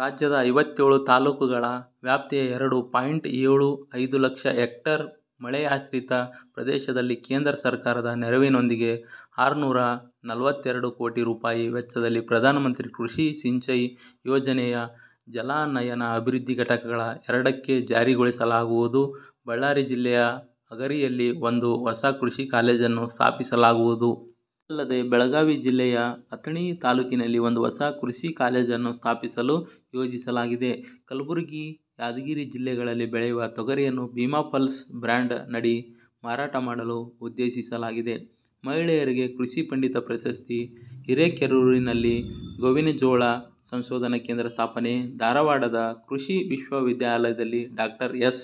ರಾಜ್ಯದ ಐವತ್ತೇಳು ತಾಲೂಕುಗಳ ವ್ಯಾಪ್ತಿಯ ಎರಡು ಪಾಯಿಂಟ್ ಏಳು ಐದು ಲಕ್ಷ ಹೆಕ್ಟೇರ್ ಮಳೆಯಾಶ್ರಿತ ಪ್ರದೇಶದಲ್ಲಿ ಕೇಂದ್ರ ಸರ್ಕಾರದ ನೆರವಿನೊಂದಿಗೆ ಆರುನೂರಾ ನಲವತ್ತೆರಡು ಕೋಟಿ ರುಪಾಯಿ ವೆಚ್ಚದಲ್ಲಿ ಪ್ರಧಾನ ಮಂತ್ರಿ ಕೃಷಿ ಸಿಂಚಾಯಿ ಯೋಜನೆಯ ಜಲಾನಯನ ಅಭಿವೃದ್ಧಿ ಘಟಕ ಎರಡಕ್ಕೆ ಜಾರಿಗೊಳಿಸಲಾಗುವುದು. ಬಳ್ಳಾರಿ ಜಿಲ್ಲೆಯ ಹಗರಿಯಲ್ಲಿ ಒಂದು ಹೊಸ ಕೃಷಿ ಕಾಲೇಜನ್ನು ಸ್ಥಾಪಿಸಲಾಗುವುದು. ಇದಲ್ಲದೆ ಬೆಳಗಾವಿ ಜಿಲ್ಲೆಯ ಅಥಣಿ ತಾಲೂಕಿನಲ್ಲಿ ಒಂದು ಹೊಸ ಕೃಷಿ ಕಾಲೇಜನ್ನು ಸ್ಥಾಪಿಸಲು ಯೋಜಿಸಲಾಗಿದೆ. ಕಲಬುರಗಿ, ಯಾದಗಿರಿ ಜಿಲ್ಲೆಗಳಲ್ಲಿ ಬೆಳೆಯುವ ತೊಗರಿಯನ್ನು ಭೀಮಾ ಪಲ್ಸ್ ಬ್ರ್ಯಾಂಡ್ ನಡಿ ಮಾರಾಟ ಮಾಡಲು ಉದ್ದೇಶಿಸಲಾಗಿದೆ. ಮಹಿಳೆಯರಿಗೆ 'ಕೃಷಿ ಪಂಡಿತ' ಪ್ರಶಸ್ತಿ ಹಿರೇಕೆರೂರಿನಲ್ಲಿ ಗೋವಿನಜೋಳ ಸಂಶೋಧನಾ ಕೇಂದ್ರ ಸ್ಥಾಪನೆ, ಧಾರವಾಡದ ಕೃಷಿ ವಿಶ್ವವಿದ್ಯಾಲಯದಲ್ಲಿ ಡಾಕ್ಟರ್ ಎಸ್.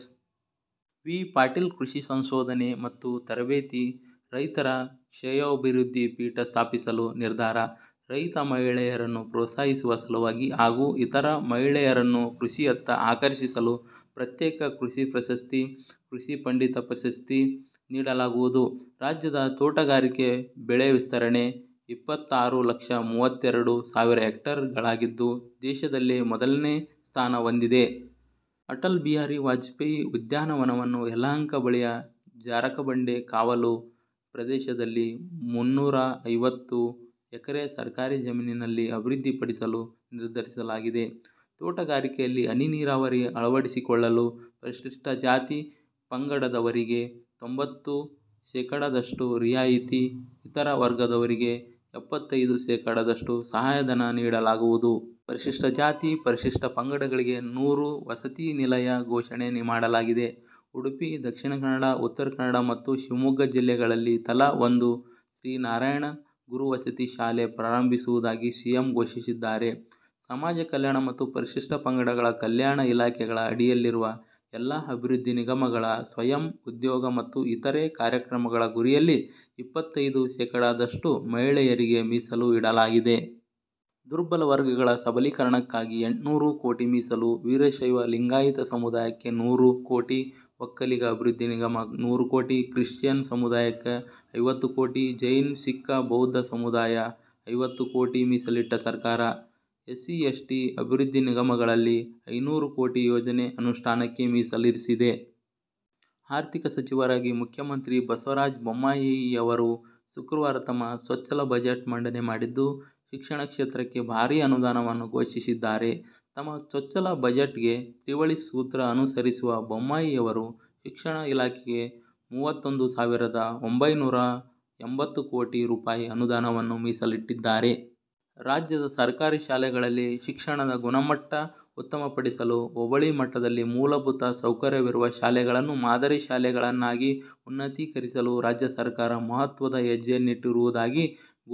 ವಿ. ಪಾಟೀಲ್ ಕೃಷಿ ಸಂಶೋಧನೆ ಮತ್ತು ತರಬೇತಿ, ರೈತರ ಶ್ರೆಯೋಭಿವೃದ್ಧಿ ಪೀಠ ಸ್ಥಾಪಿಸಲು ನಿರ್ಧಾರ, ರೈತ ಮಹಿಳೆಯರನ್ನು ಪ್ರೋತ್ಸಾಹಿಸುವ ಸಲುವಾಗಿ ಹಾಗೂ ಇತರ ಮಹಿಳೆಯರನ್ನು ಕೃಷಿಯತ್ತ ಆಕರ್ಷಿಸಲು ಪ್ರತ್ಯೇಕ ಕೃಷಿ ಪ್ರಶಸ್ತಿ, ಕೃಷಿ ಪಂಡಿತ ಪ್ರಶಸ್ತಿ ನೀಡಲಾಗುವುದು. ರಾಜ್ಯದ ತೋಟಗಾರಿಕೆ ಬೆಳೆ ವಿಸ್ತರಣೆ ಇಪ್ಪತ್ತಾರು ಲಕ್ಷ ಮೂವತ್ತೆರಡು ಸಾವಿರ ಹೆಕ್ಟೇರ್ ಗಳಾಗಿದ್ದು, ದೇಶದಲ್ಲೇ ಮೊದಲನೇ ಸ್ಥಾನ ಹೊಂದಿದೆ. ಅಟಲ್ ಬಿಹಾರಿ ವಾಜಪೇಯಿ ಉದ್ಯಾನವನವನ್ನು ಯಲಹಂಕ ಬಳಿಯ ಜಾರಕಬಂಡೆ ಕಾವಲು ಪ್ರದೇಶದಲ್ಲಿ ಮುನ್ನೂರಾ ಐವತ್ತು ಎಕರೆ ಸರ್ಕಾರಿ ಜಮೀನಿನಲ್ಲಿ ಅಭಿವೃದ್ಧಿ ಪಡಿಸಲು ನಿರ್ಧರಿಸಲಾಗಿದೆ. ತೋಟಗಾರಿಕೆಯಲ್ಲಿ ಹನಿ ನೀರಾವರಿ ಅಳವಡಿಸಿಕೊಳ್ಳಲು ಪರಿಶಿಷ್ಟ ಜಾತಿ, ಪಂಗಡವರಿಗೆ ತೊಂಬತ್ತು ಶೇಕಡಾದಷ್ಟು ರಿಯಾಯಿತಿ, ಇತರ ವರ್ಗದವರಿಗೆ ಎಪ್ಪತೈದು ಶೇಕಡಾದಷ್ಟು ಸಹಾಯಧನ ನೀಡಲಾಗುವುದು. ಪರಿಶಿಷ್ಟ ಜಾತಿ, ಪರಿಶಿಷ್ಟ ಪಂಗಡಗಳಿಗೆ ನೂರು ವಸತಿ ನಿಲಯ ಘೋಷಣೆ ಮಾಡಲಾಗಿದೆ. ಉಡುಪಿ, ದಕ್ಷಿಣ ಕನ್ನಡ, ಉತ್ತರ ಕನ್ನಡ ಮತ್ತು ಶಿವಮೊಗ್ಗ ಜಿಲ್ಲೆಗಳಲ್ಲಿ ತಲಾ ಒಂದು ಶ್ರೀ ನಾರಾಯಣ ಗುರು ವಸತಿ ಶಾಲೆ ಪ್ರಾರಂಭಿಸುವುದಾಗಿ ಸಿಎಂ ಘೋಷಿಸಿದ್ದಾರೆ. ಸಮಾಜ ಕಲ್ಯಾಣ ಮತ್ತು ಪರಿಶಿಷ್ಟ ಪಂಗಡಗಳ ಕಲ್ಯಾಣ ಇಲಾಖೆಗಳ ಅಡಿಯಲ್ಲಿರುವ ಎಲ್ಲಾ ಅಭಿವೃದ್ಧಿ ನಿಗಮಗಳ ಸ್ವಯಂ ಉದ್ಯೋಗ ಮತ್ತು ಇತರೆ ಕಾರ್ಯಕ್ರಮಗಳ ಗುರಿಯಲ್ಲಿ ಇಪ್ಪತೈದು ಶೇಕಡಾದಷ್ಟು ಮಹಿಳೆಯರಿಗೆ ಮೀಸಲು ಇಡಲಾಗಿದೆ. ದುರ್ಬಲ ವರ್ಗಗಳ ಸಬಲೀಕರಣಕ್ಕಾಗಿ ಎಂಟುನೂರು ಕೋಟಿ ಮೀಸಲು, ವೀರಶೈವ ಲಿಂಗಾಯತ ಸಮುದಾಯಕ್ಕೆ ನೂರು ಕೋಟಿ, ಒಕ್ಕಲಿಗ ಅಭಿವೃದ್ಧಿ ನಿಗಮ ನೂರು ಕೋಟಿ, ಕ್ರಿಶ್ಚಿಯನ್ ಸಮುದಾಯಕ್ಕೆ ಐವತ್ತು ಕೋಟಿ, ಜೈನ, ಸಿಖ್, ಬೌದ್ದ ಸಮುದಾಯ ಐವತ್ತು ಕೋಟಿ ಮೀಸಲಿಟ್ಟ ಸರ್ಕಾರ. ಎಸ್ಸಿ ಎಸ್ಟಿ ಅಭಿವೃದ್ಧಿ ನಿಗಮಗಳಲ್ಲಿ ಐನೂರು ಕೋಟಿ ಯೋಜನೆ ಅನುಷ್ಠಾನಕ್ಕೆ ಮೀಸಲಿರಿಸಿದೆ. ಆರ್ಥಿಕ ಸಚಿವರಾಗಿ ಮುಖ್ಯಮಂತ್ರಿ ಬಸವರಾಜ ಬೊಮ್ಮಾಯಿಯವರು ಶುಕ್ರವಾರ ತಮ್ಮ ಚೊಚ್ಚಲ ಬಜೆಟ್ ಮಂಡನೆ ಮಾಡಿದ್ದು, ಶಿಕ್ಷಣ ಕ್ಷೇತ್ರಕ್ಕೆ ಭಾರೀ ಅನುದಾನವನ್ನು ಘೋಷಿಸಿದ್ದಾರೆ. ತಮ್ಮ ಚೊಚ್ಚಲ ಬಜೆಟ್ ಗೆ ತ್ರಿವಳಿ ಸೂತ್ರ ಅನುಸರಿಸಿರುವ ಬೊಮ್ಮಾಯಿಯವರು, ಶಿಕ್ಷಣ ಇಲಾಖೆಗೆ ಮೂವತ್ತೊಂದು ಸಾವಿರದ ಒಂಬೈನೂರಾ ಎಂಬತ್ತು ಕೋಟಿ ರುಪಾಯಿ ಅನುದಾನವನ್ನು ಮೀಸಲಿಟ್ಟಿದ್ದಾರೆ. ರಾಜ್ಯದ ಸರ್ಕಾರಿ ಶಾಲೆಗಳಲ್ಲಿ ಶಿಕ್ಷಣದ ಗುಣಮಟ್ಟ ಉತ್ತಮಪಡಿಸಲು ಹೋಬಳಿ ಮಟ್ಟದಲ್ಲಿ ಮೂಲಭೂತ ಸೌಕರ್ಯವಿರುವ ಶಾಲೆಗಳನ್ನು ಮಾದರಿ ಶಾಲೆಗಳನ್ನಾಗಿ ಉನ್ನತೀಕರಿಸಲು ರಾಜ್ಯ ಸರ್ಕಾರ ಮಹತ್ವದ ಹೆಜ್ಜೆಯನ್ನಿಟ್ಟಿರುವುದಾಗಿ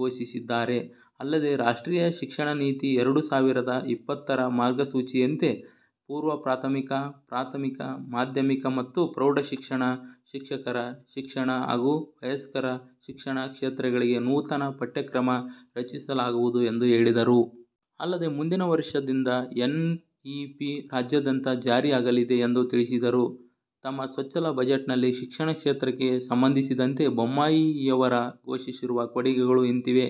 ಘೋಷಿಸಿದ್ದಾರೆ. ಅಲ್ಲದೇ ರಾಷ್ಟ್ರೀಯ ಶಿಕ್ಷಣ ನೀತಿ ಎರಡು ಸಾವಿರದ ಇಪ್ಪತ್ತರ ಮಾರ್ಗಸೂಚಿಯಂತೆ ಪೂರ್ವ ಪ್ರಾಥಮಿಕ, ಪ್ರಾಥಮಿಕ, ಮಾಧ್ಯಮಿಕ ಮತ್ತು ಪ್ರೌಢಶಿಕ್ಷಣ, ಶಿಕ್ಷಕರ ಶಿಕ್ಷಣ ಹಾಗೂ ವಯಸ್ಕರ ಶಿಕ್ಷಣ ಕ್ಷೇತ್ರಗಳಿಗೆ ನೂತನ ಪಠ್ಯ ಕ್ರಮ ರಚಿಸಲಾಗುವುದು ಎಂದು ಹೇಳಿದರು. ಅಲ್ಲದೇ ಮುಂದಿನ ವರ್ಷದಿಂದ ಎನ್ ಇಪಿ ರಾಜ್ಯಾದ್ಯಂತ ಜಾರಿಯಾಗಲಿದೆ ಎಂದು ತಿಳಿಸಿದರು. ತಮ್ಮ ಚೊಚ್ಚಲ ಬಜೆಟ್ನಲ್ಲಿ ಶಿಕ್ಷಣ ಕ್ಷೇತ್ರಕ್ಕೆ ಸಂಬಂಧಿಸಿದಂತೆ ಬೊಮ್ಮಾಯಿಯವರು ಘೋಷಿಸಿರುವ ಕೊಡುಗೆಗಳು ಇಂತಿವೆ.